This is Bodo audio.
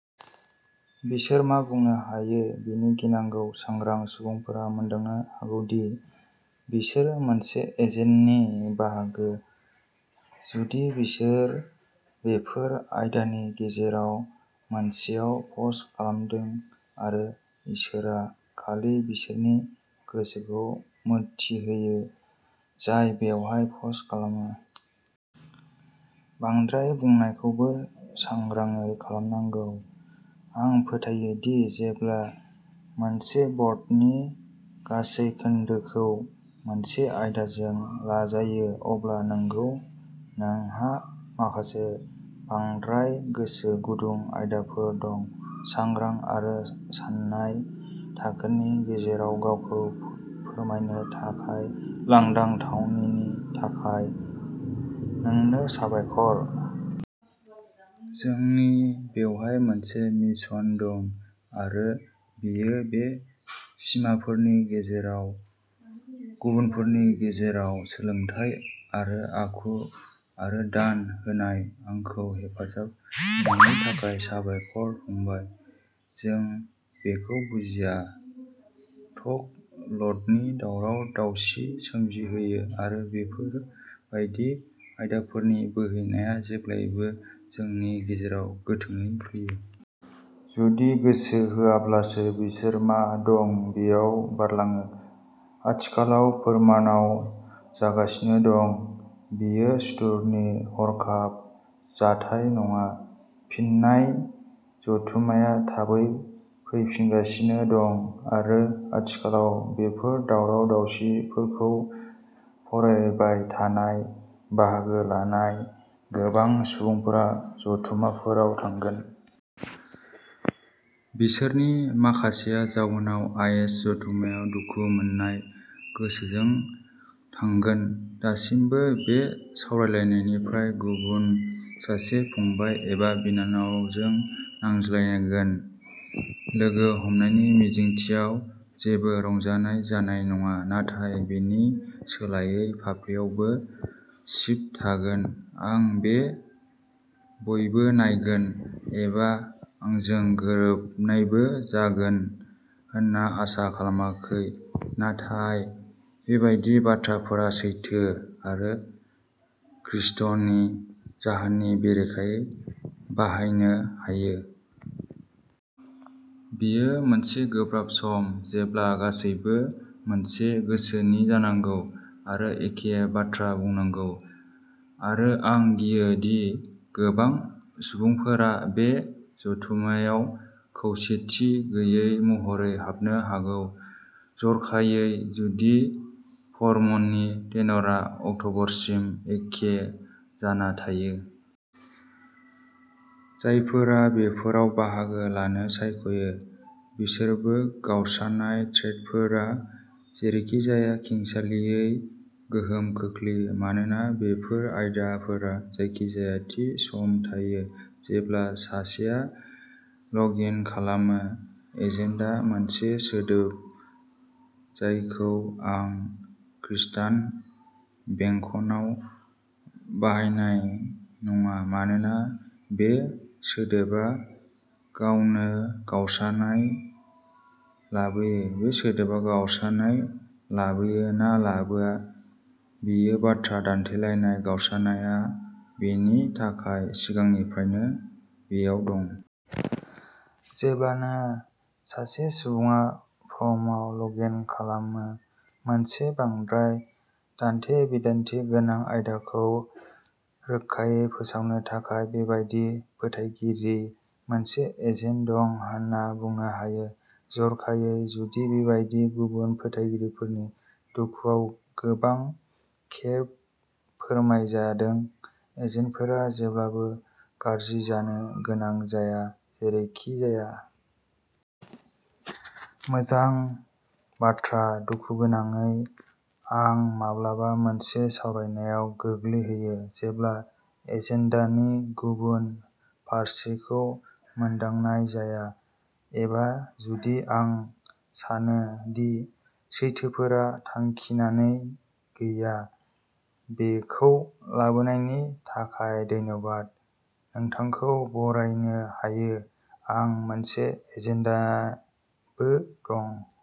बिसोर मा बुंनो हायो बेनि गिनांगौ, सांग्रां सुबुंफोरा मोनदांनो हागौ दि बिसोर मोनसे "एजेन्डा" नि बाहागो, जुदि बिसोरो बेफोर आयदाफोरनि गेजेराव मोनसेयाव पस्ट खालामदों आरो इसोरआ खालि बिसोरनि गोसोखौ मिन्थियो जाय बेवहाय पस्ट खालामो। "बांद्राय" बुंनायखौबो सांग्राङै खालामनांगौ। आं फोथायो दि जेब्ला मोनसे बर्डनि गासै खोन्दोखौ मोनसे आयदाजों लाजायो-अब्ला नंगौ, नोंहा माखासे बांद्राय-गोसो गुदुं आयदाफोर दं। सांग्रां आरो सान्नाय थाखोनि गेजेराव गावखौ फोरमायनो थाखाय लांदां थावनिनि थाखाय नोंनो साबायखर। जोंनि बेवहाय मोनसे मिशन दं आरो बेयो बे सिमाफोरनि गेजेराव गुबुनफोरनि गेजेराव सोलोंथाय आरो आखु आरो दान होनाय। आंखौ हेफाजाब होनायनि थाखाय साबायखर, फंबाय। जों बेखौ बुजिया, नाथाय बेफोर बायदि आयदाफोरा बिदा-फंबायफोरनि गेजेराव मोनसे ट्र'क ल'डनि दावराव-दावसि सोमजिहोयो, आरो बेबादि आयदाफोरनि बोहैनाया जेब्लाबो जोंनि गेजेराव गोथाङै फैयो। जुदि गोसो होआलासैब्ला, बिसोरो मा दं बेयाव बारलाङो। आथिखालाव फोरमआव जागासिनो दं। बेयो सुथुरनि हरखाब जाथाय नङा। फिनफिननाय जथुम्माया थाबैनो फैगासिनो दं, आरो आथिखालाव बेफोर दावराव-दावसिफोरखौ फरायबाय थानाय/बाहागो लानाय गोबां सुबुंफोरा जथुमफोराव थांगोन। बिसोरनि माखासेया जाउनाव एस. आइ. जथुम्मायाव दुखु मोननाय गोसोजों थांगोन, दासिमबो बे सावरायनायनिफ्राय गुबुन सासे फंबाय एबा बिनानावजों नांलायलायलायगोन। लोगो हमनायनि मिजिंथियाव जेबो रंजानाय जानाय नङा, नाथाय बेनि सोलायै फाफ्लियावबो चिप्स थागोन। आं बेखौ बयबो नायगोन, एबा आंजों गोरोबनायबो जागोन होनना आसा खालामाखै, नाथाय बेबादि बाथ्राफोरा सैथो आरो खृष्टनि जाहोननि बेरेखायै बाहायनो हायो। बेयो मोनसे गोब्राब सम जेब्ला गासैबो "मोनसे गोसो" नि जानांगौ आरो "एखे बाथ्रा बुंनांगौ" आरो आं गियो दि गोबां सुबुंफोरा बे जथुम्मायाव खौसेथि गैयै महरै हाबनो हागौ... जर'खायै जुदि फोरमनि टेनरआ अक्टबरसिम एखे जाना थायो। जायफोरा बेफोरफोराव बाहागो लानो सायख'यो बिसोरबो। गावस्रानाय थ्रेडफोरा जेरैखिजाया खेंसालियायै गोहोम गोग्लैयो, मानोना बेफोर आयदाफोरा जायखिजाया थि समाव थायो, जेब्ला सासेया लग इन खालामो। "एजेन्डा" मोनसे सोदोब जायखौ आं खृष्टान बेंखनआव बाहायनाय नङा, मानोना बे सोदोबा गावनो "गावस्रानाय" लाबोयो, बे सोदोबा गावस्रानाय लाबोयो ना लाया, बेयो बाथ्रा दान्थेलायनाय; गावस्रानायआ बेनि थाखाय सिगांनिफ्रायनो बेयाव दं। जेब्लानो सासे सुबुङा फोरमआव लग इन खालामो मोनसे बांद्राय दान्थे-बिदान्थे गोनां आयदाखौ रोखायै फोसावनो थाखाय, बेबादि फोथायगिरिखौ मोनसे "एजेन्डा" दं होनना बुंनो हायो-- जर'खायै जुदि बेबादि गुबुन फोथायगिरिफोरनि दुखुआव गोबां खेब फोरमायजादों। एजेन्डाफोरा जेब्लाबो गाज्रि जानो गोनां जाया, जेरैखिजाया। मोजां बाथ्रा! दुखुगोनाङै, आं माब्लाबा मोनसे सावरायनायाव गोग्लैहैयो जेब्ला एजेन्डानि "गुबुन फारसे" खौ मोनदांनाय जाया, एबा जुदि आं सानो दि सैथोफोरा थांखिनानै गैया। बेखौ लाबोनायनि थाखाय धन्यबा! नोंथांखौ बरायनो हायो। आंहा मोनसे "एजेन्डा" बो दं।